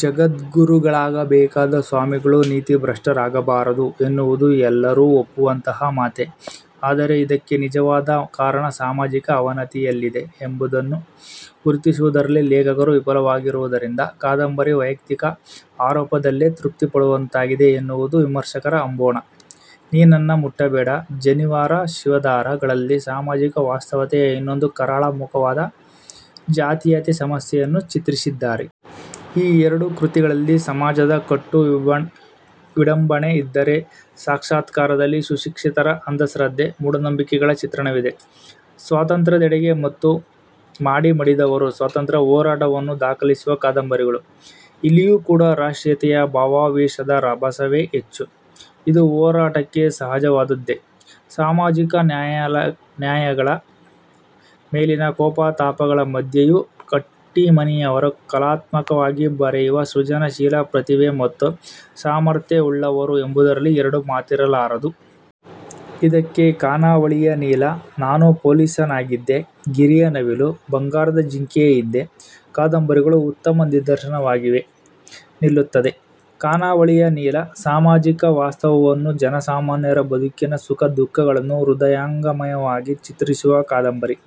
ಜಗದ್ಗುರುಗಳಾಗಬೇಕಾದ ಸ್ವಾಮಿಗಳು ನೀತಿಭ್ರಷ್ಟರಾಗಬಾರದು ಎನ್ನುವುದು ಎಲ್ಲರೂ ಒಪ್ಪುವಂತಹ ಮಾತೇ. ಆದರೆ ಇದಕ್ಕೆ ನಿಜವಾದ ಕಾರಣ ಸಾಮಾಜಿಕ ಅವನತಿಯಲ್ಲದೆ ಎಂಬುದನ್ನು ಗುರುತಿಸುವುದರಲ್ಲಿ ಲೇಖಕರು ವಿಫಲವಾಗುವುದರಿಂದ ಕಾದಂಬರಿ ವೈಯಕ್ತಿಕ ಆರೋಪದಲ್ಲೇ ತೃಪ್ತಿಪಡುವಂತಾಗಿದೆ ಎನ್ನುವುದು ವಿಮರ್ಶಕರ ಅಂಬೋಣ. 'ನೀ ನನ್ನ ಮುಟ್ಟಬೇಡ', 'ಜನಿವಾರ ಶಿವದಾರ'ಗಳಲ್ಲಿ ಸಾಮಾಜಿಕ ವಾಸ್ತವತೆಯ ಇನ್ನೊಂದು ಕರಾಳ ಮುಖವಾದ ಜಾತೀಯತೆ ಸಮಸ್ಯೆಯನ್ನು ಚಿತ್ರಿಸಿದ್ದಾರೆ. ಈ ಎರಡು ಕೃತಿಗಳಲ್ಲಿ ಸಮಾಜದ ಕಟು ವಿಡಂಬನೆ ಇದ್ದರೆ, 'ಸಾಕ್ಷಾತ್ಕಾರ'ದಲ್ಲಿ ಸುಶಿಕ್ಷಿತರ ಅಂಧಶ್ರದ್ಧೆ, ಮೂಢನಂಬಿಕೆಗಳ ಚಿತ್ರಣವಿದೆ. 'ಸ್ವಾತಂತ್ರ್ಯದೆಡೆಗೆ' ಮತ್ತು 'ಮಾಡಿ ಮಡಿದವರು' ಸ್ವಾತಂತ್ರ್ಯ ಹೋರಾಟವನ್ನು ದಾಖಲಿಸುವ ಕಾದಂಬರಿಗಳು. ಇಲ್ಲಿಯೂ ಕೂಡ ರಾಷ್ಟ್ರೀಯತೆಯ ಭಾವಾವೇಶದ ರಭಸವೇ ಹೆಚ್ಚು. ಇದು ಹೋರಾಟಕ್ಕೆ ಸಹಜವಾದದ್ದೇ. ಸಾಮಾಜಿಕ ಅನ್ಯಾಯಗಳ ಮೇಲಿನ ಕೋಪತಾಪಗಳ ಮಧ್ಯೆಯೂ ಕಟ್ಟೀಮನಿಯವರು ಕಲಾತ್ಮಕವಾಗಿ ಬರೆಯುವ ಸೃಜನಶೀಲ ಪ್ರತಿಭೆ ಮತ್ತು ಸಾಮರ್ಥ್ಯಗಳನ್ನುಳ್ಳವರು ಎಂಬುದರಲ್ಲಿ ಎರಡು ಮಾತಿರಲಾರದು. ಇದಕ್ಕೆ, 'ಖಾನಾವಳಿಯ ನೀಲ', 'ನಾನು ಪೊಲೀಸನಾಗಿದ್ದೆ, 'ಗಿರಿಯ ನವಿಲು', 'ಬಂಗಾರದ ಜಿಂಕೆಯ ಹಿಂದೆ' ಕಾದಂಬರಿಗಳು ಉತ್ತಮ ನಿದರ್ಶನವಾಗಿ ನಿಲ್ಲುತ್ತವೆ. 'ಖಾನಾವಳಿಯ ನೀಲ' ಸಾಮಾಜಿಕ ವಾಸ್ತವವನ್ನು, ಜನಸಾಮಾನ್ಯರ ಬದುಕಿನ ಸುಖದುಃಖಗಳನ್ನು ಹೃದಯಂಗಮವಾಗಿ ಚಿತ್ರಿಸುವ ಕಾದಂಬರಿ.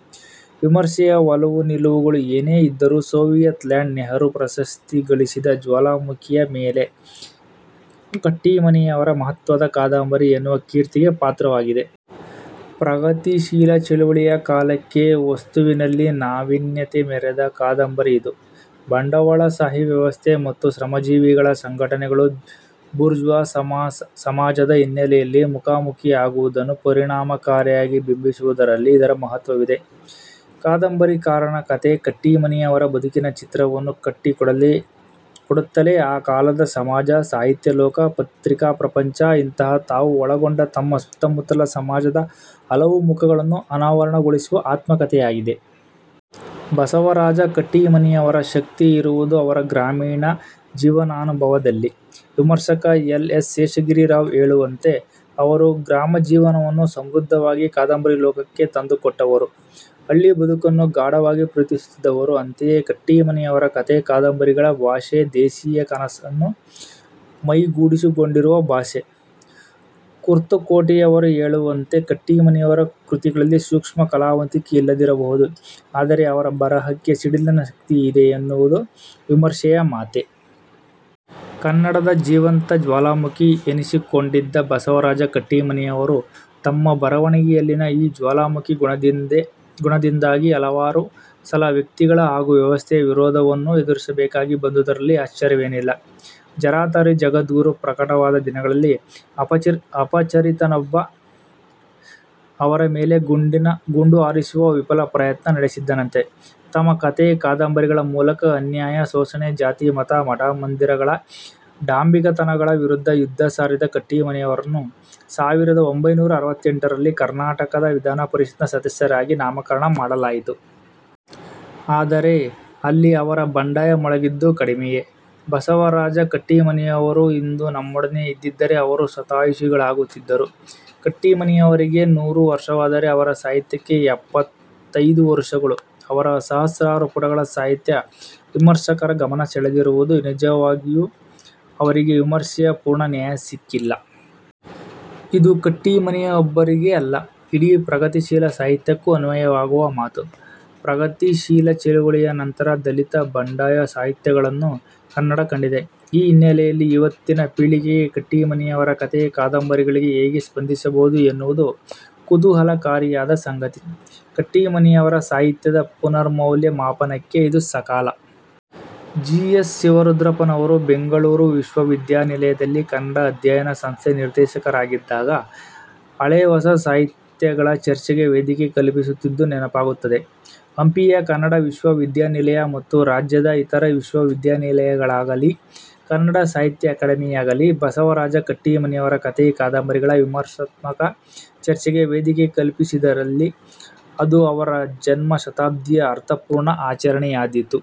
ವಿಮರ್ಶೆಯ ಒಲವುನಿಲುವುಗಳು ಏನೇ ಇದ್ದರೂ, 'ಸೋವಿಯತ್ ಲ್ಯಾಂಡ್ ನೆಹರೂ ಪ್ರಶಸ್ತಿ'ಗಳಿಸಿದ 'ಜ್ವಾಲಾಮುಖಿಯ ಮೇಲೆ' ಕಟ್ಟೀಮನಿಯವರ ಮಹತ್ವದ ಕಾದಂಬರಿ ಎನ್ನುವ ಕೀರ್ತಿಗೆ ಪಾತ್ರವಾಗಿದೆ. ಪ್ರಗತಿಶೀಲ ಚಳವಳಿಯ ಕಾಲಕ್ಕೆ ವಸ್ತುವಿನಲ್ಲಿ ನಾವೀನ್ಯತೆ ಮೆರೆದ ಕಾದಂಬರಿ ಇದು. ಬಂಡವಾಳಶಾಹಿ ವ್ಯವಸ್ಥೆ ಮತ್ತು ಶ್ರಮಜೀವಿಗಳ ಸಂಘಟನೆಗಳು ಬೂರ್ಜ್ವಾಸಮಾಜದ ಹಿನ್ನೆಲೆಯಲ್ಲಿ ಮುಖಾಮುಖಿಯಾಗುವುದನ್ನು ಪರಿಣಾಮಕಾರಿಯಾಗಿ ಬಿಂಬಿಸುವುದರಲ್ಲಿ ಇದರ ಮಹತ್ವವಿದೆ. 'ಕಾದಂಬರಕಾರನ ಕಥೆ' ಕಟ್ಟೀಮನಿಯವರ ಬದುಕಿನ ಚಿತ್ರವನ್ನು ಕಟ್ಟಿಕೊಡುತ್ತಲೇ ಆ ಕಾಲದ ಸಮಾಜ, ಸಾಹಿತ್ಯಲೋಕ, ಪತ್ರಿಕಾ ಪ್ರಪಂಚ-ಇಂತಹ, ತಾವು ಒಳಗೊಂಡ ತಮ್ಮ ಸುತ್ತಮುತ್ತಲ ಸಮಾಜದ ಹಲವು ಮುಖಗಳನ್ನು ಅನಾವರಣಗೊಳಿಸುವ ಆತ್ಮಕಥೆಯಾಗಿದೆ. ಬಸವರಾಜ ಕಟ್ಟೀಮನಿಯವರ ಶಕ್ತಿ ಇರುವುದು ಅವರ ಗ್ರಾಮೀಣ ಜೀವನಾನುಭವದಲ್ಲಿ. ವಿಮರ್ಶಕ ಎಲ್. ಎಸ್. ಶೇಷಗಿರಿ ರಾವ್ ಹೇಳುವಂತೆ, ಅವರು ಗ್ರಾಮಜೀವನವನ್ನು ಸಮೃದ್ಧವಾಗಿ ಕಾದಂಬರಿ ಲೋಕಕ್ಕೆ ತಂದುಕೊಟ್ಟವರು. ಹಳ್ಳಿ ಬದುಕನ್ನು ಗಾಢವಾಗಿ ಪ್ರೀತಿಸಿದವರು. ಅಂತೆಯೇ ಕಟ್ಟೀಮನಿಯವರ ಕಥೆ, ಕಾದಂಬರಿಗಳ ಭಾಷೆ ದೇಸಿಯ ಕಸುವನ್ನು ಮೈಗೂಡಿಸಿಕೊಂಡಿರುವ ಭಾಷೆ. ಕುರ್ತಕೋಟಿಯವರು ಹೇಳುವಂತೆ ಕಟ್ಟೀಮನಿಯವರ ಕೃತಿಗಳಲ್ಲಿ ಸೂಕ್ಷ್ಮ ಕಲಾವಂತಿಕೆ ಇಲ್ಲದಿರಬಹುದು, ಆದರೆ ಅವರ ಬರಹಕ್ಕೆ ಸಿಡಿಲಿನ ಶಕ್ತಿ ಇದೆ ಎನ್ನುವುದೂ ವಿಮರ್ಶೆಯ ಮಾತೇ. ಕನ್ನಡದ ಜೀವಂತ ಜ್ವಾಲಾಮುಖಿ ಎನ್ನಿಸಿಕೊಂಡಿದ್ದ ಬಸವರಾಜ ಕಟ್ಟೀಮನಿಯವರು ತಮ್ಮ ಬರವಣಿಗೆಯಲ್ಲಿನ ಈ ಜ್ವಾಲಾಮುಖಿ ಗುಣದಿಂದಾಗಿ ಹಲವಾರು ಸಲ ವ್ಯಕ್ತಿಗಳ ಹಾಗೂ ವ್ಯವಸ್ಥೆಯ ವಿರೋಧವನ್ನೂ ಎದುರಿಸಬೇಕಾಗಿ ಬಂದುದರಲ್ಲಿ ಆಶ್ವರ್ಯವೇನಿಲ್ಲ. 'ಜರತಾರಿ ಜಗದ್ಗುರು' ಪ್ರಕಟವಾದ ದಿನಗಳಲ್ಲಿ ಅಪರಿಚಿತನೊಬ್ಬ ಅವರ ಮೇಲೆ ಗುಂಡುಹಾರಿಸುವ ವಿಫಲ ಪ್ರಯತ್ನ ನಡೆಸಿದ್ದನಂತೆ. ತಮ್ಮ ಕಥೆ, ಕಾದಂಬರಿಗಳ ಮೂಲಕ ಅನ್ಯಾಯ, ಶೋಷಣೆ, ಜಾತಿ-ಮತ, ಮಠಮಂದಿರಗಳ ಡಾಂಭಿಕತನಗಳ ವಿರುದ್ಧ ಯುದ್ಧ ಸಾರಿದ ಕಟ್ಟೀಮನಿಯವರನ್ನು ಸಾವಿರದ ಒಂಭೈನೂರ ಅರವತ್ತೆಂಟರಲ್ಲಿ ಕರ್ನಾಟಕ ವಿಧಾನಪರಿಷತ್ತಿನ ಸದಸ್ಯರಾಗಿ ನಾಮಕರಣ ಮಾಡಲಾಯಿತು. ಆದರೆ ಅಲ್ಲಿ ಅವರ ಬಂಡಾಯ ಮೊಳಗಿದ್ದು ಕಡಿಮೆಯೇ. ಬಸವರಾಜ ಕಟ್ಟೀಮನಿಯವರು ಇಂದು ನಮ್ಮಡನೆ ಇದ್ದಿದ್ದರೆ ಅವರು ಶತಾಯುಷಿಗಳಾಗುತ್ತಿದ್ದರು. ಕಟ್ಟೀಮನಿಯವರಿಗೆ ನೂರು ವರ್ಷವಾದರೆ ಅವರ ಸಾಹಿತ್ಯಕ್ಕೆ ಎಪ್ಪತ್ತೈದು ವರುಷಗಳು. ಅವರ ಸಹಸ್ರಾರು ಪುಟಗಳ ಸಾಹಿತ್ಯ ವಿಮರ್ಶಕರ ಗಮನ ಸೆಳೆದಿರುವುದು ನಿಜವಾದರೂ ಅವರಿಗೆ ವಿಮರ್ಶೆಯ ಪೂರ್ಣ ನ್ಯಾಯ ಸಿಕ್ಕಿಲ್ಲ. ಇದು ಕಟ್ಟೀಮನಿಯೊಬ್ಬರಿಗೇ ಅಲ್ಲ, ಇಡೀ ಪ್ರಗತಶೀಲ ಸಾಹಿತ್ಯಕ್ಕೂ ಅನ್ವಯವಾಗುವ ಮಾತು. ಪ್ರಗತಿಶೀಲ ಚಳವಳಿಯ ನಂತರ ದಲಿತ, ಬಂಡಾಯ ಸಾಹಿತ್ಯಗಳನ್ನೂ ಕನ್ನಡ ಕಂಡಿದೆ. ಈ ಹಿನ್ನೆಲೆಯಲ್ಲಿ ಇವತ್ತಿನ ಪೀಳಿಗೆ ಕಟ್ಟೀಮನಿಯವರ ಕಥೆ, ಕಾದಂಬರಿಗಳಿಗೆ ಹೇಗೆ ಸ್ಪಂದಿಸಬಹುದು ಎನ್ನುವುದು ಕುತೂಹಲಕಾರಿಯಾದ ಸಂಗತಿ. ಕಟ್ಟೀಮನಿಯವರ ಸಾಹಿತ್ಯದ ಪುನರ್ಮೌಲ್ಯ ಮಾಪನಕ್ಕೆ ಇದು ಸಕಾಲ. ಜಿ. ಎಸ್. ಶಿವರುದ್ರಪ್ಪನವರು ಬೆಂಗಳೂರು ವಿಶ್ವವಿದ್ಯಾನಿಲಯದಲ್ಲಿ ಕನ್ನಡ ಅಧ್ಯಯನ ಸಂಸ್ಥೆ ನಿರ್ದೇಶಕರಾಗಿದ್ದಾಗ ಹಳೆ-ಹೊಸ ಸಾಹಿತ್ಯಗಳ ಚರ್ಚೆಗೆ ವೇದಿಕೆ ಕಲ್ಪಿಸುತ್ತಿದ್ದುದು ನೆನಪಾಗುತ್ತಿದೆ. ಹಂಪಿಯ ಕನ್ನಡ ವಿಶ್ವವಿದ್ಯಾನಿಲಯ ಮತ್ತು ರಾಜ್ಯದ ಇತರ ವಿಶ್ವವಿದ್ಯಾನಿಲಯಗಳಾಗಲೀ ಸಾಹಿತ್ಯ ಅಕಾಡೆಮಿಯಾಗಲೀ ಬಸವರಾಜ ಕಟ್ಟೀಮನಿಯವರ ಕಥೆ ಕಾದಂಬರಿಗಳ ವಿಮರ್ಶಾತ್ಮಕ ಚರ್ಚೆಗೆ ವೇದಿಕೆ ಕಲ್ಪಿಸಿದಲ್ಲಿ ಅದು ಅವರ ಜನ್ಮ ಶತಾಬ್ದಿಯ ಅರ್ಥಪೂರ್ಣ ಆಚರಣೆಯಾದೀತು.